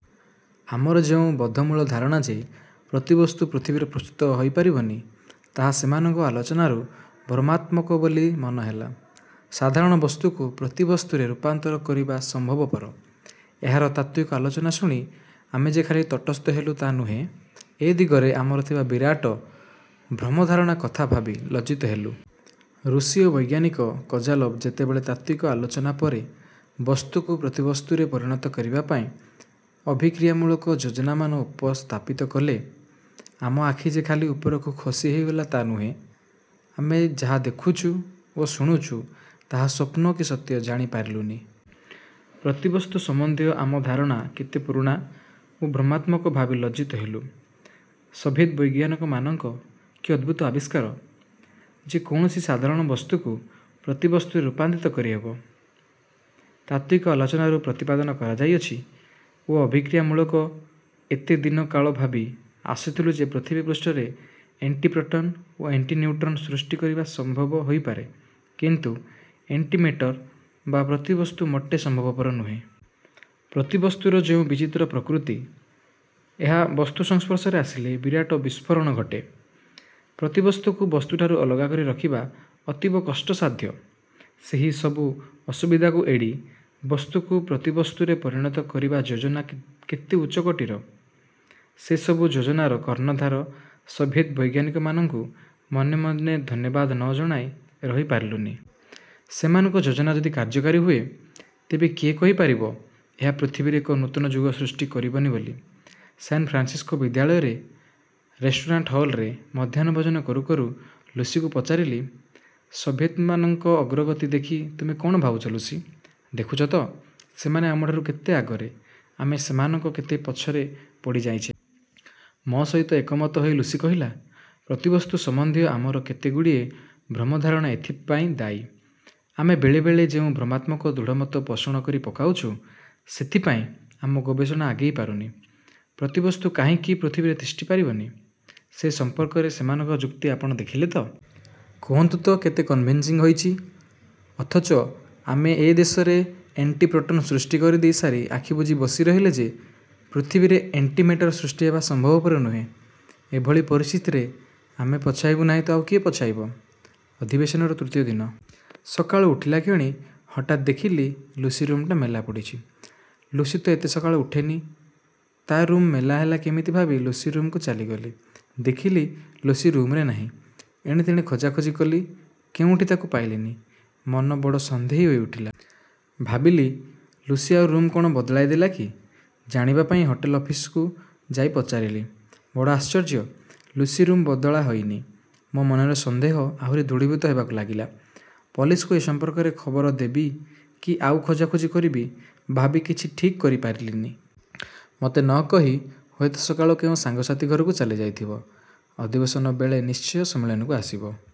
ଆମର ଯେଉଁ ବଦ୍ଧମୂଳ ଧାରଣା ଯେ ପ୍ରତିବସ୍ତୁ ପୃଥିବୀରେ ପ୍ରସ୍ତୁତ ହୋଇପାରିବନି, ତାହା ସେମାନଙ୍କ ଆଲୋଚନାରୁ ଭ୍ରମାତ୍ମକ ବୋଲି ମନେହେଲା। ସାଧାରଣ ବସ୍ତୁକୁ ପ୍ରତିବସ୍ତୁରେ ରୂପାନ୍ତର କରିବା ସମ୍ଭବପର, ଏହାର ତାତ୍ତ୍ୱିକ ଆଲୋଚନା ଶୁଣି ଆମେ ଯେ ଖାଲି ତଟସ୍ଥ ହେଲୁ ତା ନୁହେଁ ଏ ଦିଗରେ ଆମର ଥିବା ବିରାଟ ଭ୍ରମଧାରଣା କଥା ଭାବି ଲଜ୍ଜିତ ହେଲୁ। ରୁଷୀୟ ବୈଜ୍ଞାନିକ କୋଜୋଲଭ୍ ଯେତେବେଳେ ତାତ୍ତ୍ୱିକ ଆଲୋଚନା ପରେ ବସ୍ତୁକୁ ପ୍ରତିବସ୍ତୁରେ ପରିଣତ କରିବା ପାଇଁ ଅଭିକ୍ରିୟାମୂଳକ ଯୋଜନାମାନ ଉପସ୍ଥାପିତ କଲେ, ଆମ ଆଖି ଯେ ଖାଲି ଉପରକୁ ଖୋସି ହୋଇଗଲା ତା ନୁହେଁ, ଆମେ ଯାହା ଦେଖୁଛୁ ଓ ଶୁଣୁଛୁ ତାହା ସ୍ୱପ୍ନ କି ସତ୍ୟ ଜାଣି ପାରିଲୁନି। ପ୍ରତିବସ୍ତୁସମ୍ବନ୍ଧୀୟ ଆମ ଧାରଣା କେତେ ପୁରୁଣା ଓ ଭ୍ରମାତ୍ମକ ଭାବି ଲଜ୍ଜିତ ହେଲୁ। ସୋଭିୟେଟ୍ ବୈଜ୍ଞାନିକମାନଙ୍କ କି ଅଦ୍ଭୁତ ଆବିଷ୍କାର! ଯେ କୌଣସି ସାଧାରଣ ବସ୍ତୁକୁ ପ୍ରତିବସ୍ତୁରେ ରୂପାନ୍ତରିତ କରିହେବ, ତାତ୍ତ୍ୱିକ ଆଲୋଚନାରୁ ପ୍ରତିପାଦନ କରାଯାଇଛି ଓ ଅଭିକ୍ରିୟାମୂଳକ ଏତେ ଦିନ କାଳ ଭାବି ଆସୁଥିଲୁ ଯେ ପୃଥିବୀପୃଷ୍ଠରେ ଏଣ୍ଟିପ୍ରୋଟନ ଓ ଏଣ୍ଟିନିଉଟ୍ରନ ସୃଷ୍ଟି କରିବା ସମ୍ଭବ ହୋଇପାରେ; କିନ୍ତୁ ଏଣ୍ଟିମେଟରେ ବା ପ୍ରତିବସ୍ତୁ ମୋଟେ ସମ୍ଭବପର ନୁହେଁ। ପ୍ରତିବସ୍ତୁର ଯେଉଁ ବିଚିତ୍ର ପ୍ରକୃତି, ଏହା ବସ୍ତୁସଂସ୍ପର୍ଶରେ ଆସିଲେ ବିରାଟ ବିସ୍ଫୋରଣ ଘଟେ, ପ୍ରତିବସ୍ତୁକୁ ବସ୍ତୁଠାରୁ ଅଲଗା କରି ରଖିବା ଅତୀବ କଷ୍ଟସାଧ୍ୟ; ସେହି ସବୁ ଅସୁବିଧାକୁ ଏଡ଼ି ବସ୍ତୁକୁ ପ୍ରତିବସ୍ତୁରେ ପରିଣତ କରିବା ଯୋଜନା କେତେ ଉଚ୍ଚକୋଟିର, ସେସବୁ ଯୋଜନାର କର୍ଣ୍ଣଧାର ସୋଭିୟେଟ୍ ବୈଜ୍ଞାନିକମାନଙ୍କୁ ମନେ ମନେ ଧନ୍ୟବାଦ ନ ଜଣାଇ ରହି ପାରୁଲୁନି। ସେମାନଙ୍କ ଯୋଜନା ଯଦି କାର୍ଯ୍ୟକାରୀ ହୁଏ, ତେବେ କିଏ କହିପାରିବ ଏହା ପୃଥିବୀରେ ଏକ ନୂତନ ଯୁଗ ସୃଷ୍ଟି କରିବନି ବୋଲି। ସାନ୍ଫ୍ରାନ୍ସିସକୋ ବିଶ୍ୱବିଦ୍ୟାଳୟର ରେଷ୍ଟୁରାଣ୍ଟ ହଲରେ ମଧ୍ୟାହ୍ନଭୋଜନ କରୁ କରୁ ଲୁସିକୁ ପଚାରିଲି, ସୋଭିୟେଟ୍ମାନଙ୍କ ଅଗ୍ରଗତି ଦେଖି ତୁମେ କଣ ଭାବୁଛ, ଲୁସି? ଦେଖୁଛ ତ ସେମାନେ ଆମଠାରୁ କେତେ ଆଗରେ, ଆମେ ସେମାନଙ୍କର କେତେ ପଛରେ ପଡ଼ି ଯାଇଛେ। ମୋ ସହିତ ଏକମତ ହୋଇ ଲୁସି କହିଲା, ପ୍ରତିବସ୍ତୁ ସମ୍ବନ୍ଧୀୟ ଆମର କେତେ ଗୁଡ଼ିଏ ଭ୍ରମଧାରଣା ଏଥିପାଇଁ ଦାୟୀ। ଆମେ ବେଳେ ବେଳେ ଯେଉଁ ଭ୍ରମାତ୍ମକ ଦୃଢ଼ମତ ପୋଷଣ କରି ପକାଉଛୁ, ସେଥିପାଇଁ ଆମ ଗବେଷଣା ଆଗେଇ ପାରୁନି। ପ୍ରତିବସ୍ତୁ କାହିଁକି ପୃଥିବୀରେ ତିଷ୍ଠିପାରିବନି, ସେ ସଂପର୍କରେ ସେମାନଙ୍କ ଯୁକ୍ତି ଆପଣ ଦେଖିଲେ ତ? କୁହନ୍ତୁ ତ କେତେ କନ୍ଭିନ୍ସିଙ୍ଗ ହୋଇଛି। ଅଥଚ ଆମେ ଏ ଦେଶରେ ଏଣ୍ଟିପ୍ରୋଟାନ୍ ସୃଷ୍ଟି କରିଦେଇ ସାରି ଆଖିବୁଜି ବସିରହିଲେ ଯେ ପୃଥିବୀରେ ଏଣ୍ଟିମେଟର ସୃଷ୍ଟିହେବା ସମ୍ଭବପର ନୁହେଁ। ଏଭଳି ପରିସ୍ଥିତିରେ ଆମେ ପଛାଇବୁ ନାହିଁ ତ ଆଉ କିଏ ପଛାଇବ? ଅଧିବେଶନର ତୃତୀୟ ଦିନ। ସକାଳୁ ଉଠିଲାକ୍ଷଣି ହଠାତ୍ ଦେଖିଲି ଲୁସି ରୁମ୍ଟା ମେଲା ପଡ଼ିଛି। ଲୁସି ତ ଏତେ ସକାଳୁ ଉଠେନି, ତା'ରୁମ୍ ମେଲାହେଲା କେମିତି ଭାବି ଲୁସି ରୁମ୍କୁ ଚାଲିଗଲି, ଦେଖିଲି ଲୁସି ରୁମରେ ନାହିଁ। ଏଣେତେଣେ ଖୋଜା ଖୋଜି କଲି। କେଉଁଠି ତାକୁ ପାଇଲନି। ମନ ବଡ଼ ସନ୍ଦେହୀ ହୋଇ ଉଠିଲା। ଭାବିଲି, ଲୁସି ଆଉ କ'ଣ ରୁମ୍ ବଦଳାଇ ଦେଲା କି? ଜାଣିବା ପାଇଁ ହୋଟେଲ ଅଫିସକୁ ଯାଇ ପଚାରିଲି। ବଡ଼ ଆଶ୍ଚର୍ଯ୍ୟ, ଲୁସି ରୁମ୍ ବଦଳା ହୋଇନି। ମୋ ମନର ସନ୍ଦେହ ଆହୁରି ଦୃଢ଼ୀଭୂତ ହେବାକୁ ଲାଗିଲା। ପୋଲିସକୁ ଏ ସମ୍ପର୍କରେ ଖବର ଦେବି କି ଆଉ ଖୋଜା ଖୋଜି କରିବି, ଭାବି କିଛି ଠିକ୍ କରି ପାରିଲିନି। ମୋତେ ନ କହି ହୁଏତ ସକାଳୁ କେଉଁ ସାଙ୍ଗସାଥି ଘରକୁ ଚାଲିଯାଇଥିବ, ଅଧିବେଶନ ବେଳେନିଶ୍ଚୟ ସମ୍ମିଳନୀକୁ ଆସିବ।